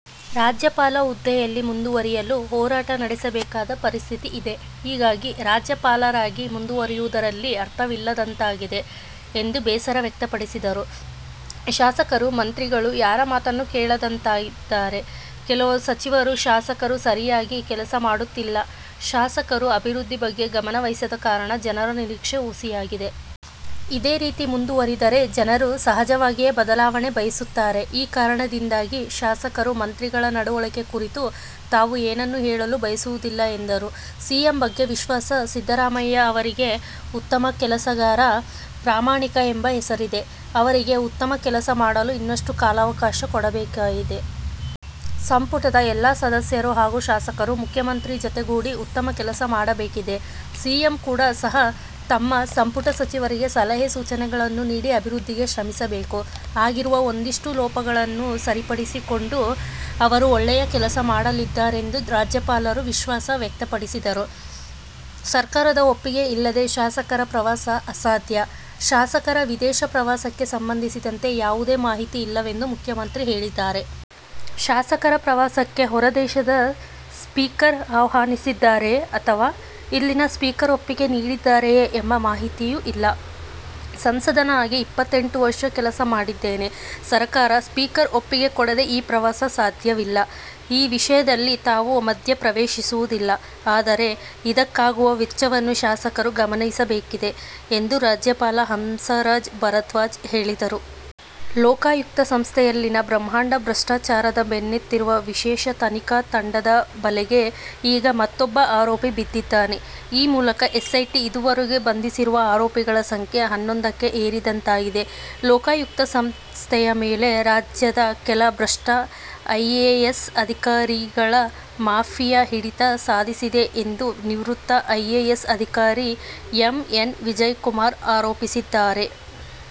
ರಾಜ್ಯಪಾಲ ಹುದ್ದೆಯಲ್ಲಿ ಮುಂದುವರಿಯಲು ಹೋರಾಟ ನಡೆಸಬೇಕಾದ ಪರಿಸ್ಥಿತಿ ಇದೆ. ಹೀಗಾಗಿ ರಾಜ್ಯಪಾಲರಾಗಿ ಮುಂದುವರಿಯುವುದರಲ್ಲಿ ಅರ್ಥವಿಲ್ಲದಂತಾಗಿದೆ ಎಂದು ಬೇಸರ ವ್ಯಕ್ತಪಡಿಸಿದರು. ಶಾಸಕರು, ಮಂತ್ರಿಗಳು ಯಾರ ಮಾತನ್ನೂ ಕೇಳದಂತಾಗಿದ್ದಾರೆ. ಕೆಲವು ಸಚಿವರು, ಶಾಸಕರು ಸರಿಯಾಗಿ ಕೆಲಸ ಮಾಡುತ್ತಿಲ್ಲ. ಶಾಸಕರು ಅಭಿವೃದ್ಧಿ ಬಗ್ಗೆ ಗಮನವಹಿಸದ ಕಾರಣ ಜನರ ನಿರೀಕ್ಷೆ ಹುಸಿಯಾಗಿದೆ. ಇದೇ ರೀತಿ ಮುಂದುವರಿದರೆ ಜನರು ಸಹಜವಾಗಿಯೇ ಬದಲಾವಣೆ ಬಯಸುತ್ತಾರೆ. ಈ ಕಾರಣದಿಂದಾಗಿ ಶಾಸಕರು, ಮಂತ್ರಿಗಳ ನಡವಳಿಕೆ ಕುರಿತು ತಾವು ಏನನ್ನೂ ಹೇಳಲು ಬಯಸುವುದಿಲ್ಲ ಎಂದರು. ಸಿಎಂ ಬಗ್ಗೆ ವಿಶ್ವಾಸ ಸಿದ್ದರಾಮಯ್ಯ ಅವರಿಗೆ ಉತ್ತಮ ಕೆಲಸಗಾರ, ಪ್ರಾಮಾಣಿಕ ಎಂಬ ಹೆಸರಿದೆ. ಅವರಿಗೆ ಉತ್ತಮ ಕೆಲಸ ಮಾಡಲು ಇನ್ನಷ್ಟು ಕಾಲಾವಕಾಶ ಕೊಡಬೇಕಿದೆ. ಸಂಪುಟದ ಎಲ್ಲ ಸದಸ್ಯರು ಹಾಗೂ ಶಾಸಕರು ಮುಖ್ಯಮಂತ್ರಿ ಜತೆಗೂಡಿ ಉತ್ತಮ ಕೆಲಸ ಮಾಡಬೇಕಿದೆ. ಸಿಎಂ ಕೂಡ ಸಹ ತಮ್ಮ ಸಂಪುಟ ಸಚಿವರಿಗೆ ಸಲಹೆ, ಸೂಚನೆಗಳನ್ನು ನೀಡಿ ಅಭಿವೃದ್ಧಿಗೆ ಶ್ರಮಿಸಬೇಕು. ಆಗಿರುವ ಒಂದಿಷ್ಟು ಲೋಪಗಳನ್ನು ಸರಿಪಡಿಸಿಕೊಂಡು ಅವರು ಒಳ್ಳೆಯ ಕೆಲಸ ಮಾಡಲಿದ್ದಾರೆಂದು ರಾಜ್ಯಪಾಲರು ವಿಶ್ವಾಸ ವ್ಯಕ್ತಪಡಿಸಿದರು. ''ಸರ್ಕಾರದ ಒಪ್ಪಿಗೆ ಇಲ್ಲದೆ ಶಾಸಕರ ಪ್ರವಾಸ ಅಸಾಧ್ಯ''ಶಾಸಕರ ವಿದೇಶ ಪ್ರವಾಸಕ್ಕೆ ಸಂಬಂಧಿಸಿದಂತೆ ಯಾವುದೇ ಮಾಹಿತಿ ಇಲ್ಲವೆಂದು ಮುಖ್ಯಮಂತ್ರಿ ಹೇಳಿದ್ದಾರೆ. ಶಾಸಕರ ಪ್ರವಾಸಕ್ಕೆ ಹೊರ ದೇಶದ ಸ್ಪೀಕರ್ ಆಹ್ವಾನಿಸಿದ್ದಾರೆಯೇ ಅಥವಾ ಇಲ್ಲಿನ ಸ್ಪೀಕರ್ ಒಪ್ಪಿಗೆ ನೀಡಿದ್ದಾರೆಯೇ ಎಂಬ ಮಾಹಿತಿಯೂ ಇಲ್ಲ. ಸಂಸದನಾಗಿ ಇಪ್ಪತ್ತೆಂಟು ವರ್ಷ ಕೆಲಸ ಮಾಡಿದ್ದೇನೆ. ಸರಕಾರ, ಸ್ಪೀಕರ್ ಒಪ್ಪಿಗೆ ಕೊಡದೇ ಈ ಪ್ರವಾಸ ಸಾಧ್ಯವಿಲ್ಲ. ಈ ವಿಷಯದಲ್ಲಿ ತಾವು ಮಧ್ಯ ಪ್ರವೇಶಿಸುವುದಿಲ್ಲ. ಆದರೆ ಇದಕ್ಕಾಗುವ ವೆಚ್ಚವನ್ನು ಶಾಸಕರು ಗಮನಿಸಬೇಕಿದೆ ಎಂದು ರಾಜ್ಯಪಾಲ ಹಂಸರಾಜ್ ಭಾರದ್ವಾಜ್ ಹೇಳಿದರು. ಲೋಕಾಯುಕ್ತ ಸಂಸ್ಥೆಯಲ್ಲಿನ ಬ್ರಹ್ಮಾಂಡ ಭ್ರಷ್ಟಾಚಾರದ ಬೆನ್ನತ್ತಿರುವ ವಿಶೇಷ ತನಿಖಾ ತಂಡ ದ ಬಲೆಗೆ ಈಗ ಮತೊಬ್ಬ ಆರೋಪಿ ಬಿದ್ದಿದ್ದಾನೆ. ಈ ಮೂಲಕ ಎಸ್ಐಟಿ ಇದುವರೆಗೆ ಬಂಧಿಸಿರುವ ಆರೋಪಿಗಳ ಸಂಖ್ಯೆ ಹನ್ನೊಂದಕ್ಕೆ ಏರಿಕೆಯಾದಂತಾಗಿದೆ. ಲೋಕಾಯುಕ್ತ ಸಂಸ್ಥೆಯ ಮೇಲೆ ರಾಜ್ಯದ ಕೆಲ ಭ್ರಷ್ಟ ಐಎಎಸ್ ಅಧಿಕಾರಿಗಳ ಮಾಫಿಯಾ ಹಿಡಿತ ಸಾಧಿಸಿದೆ ಎಂದು ನಿವೃತ್ತ ಐಎಎಸ್ ಅಧಿಕಾರಿ ಎಂ. ಎನ್. ವಿಜಯಕುಮಾರ್ ಆರೋಪಿಸಿದ್ದಾರೆ.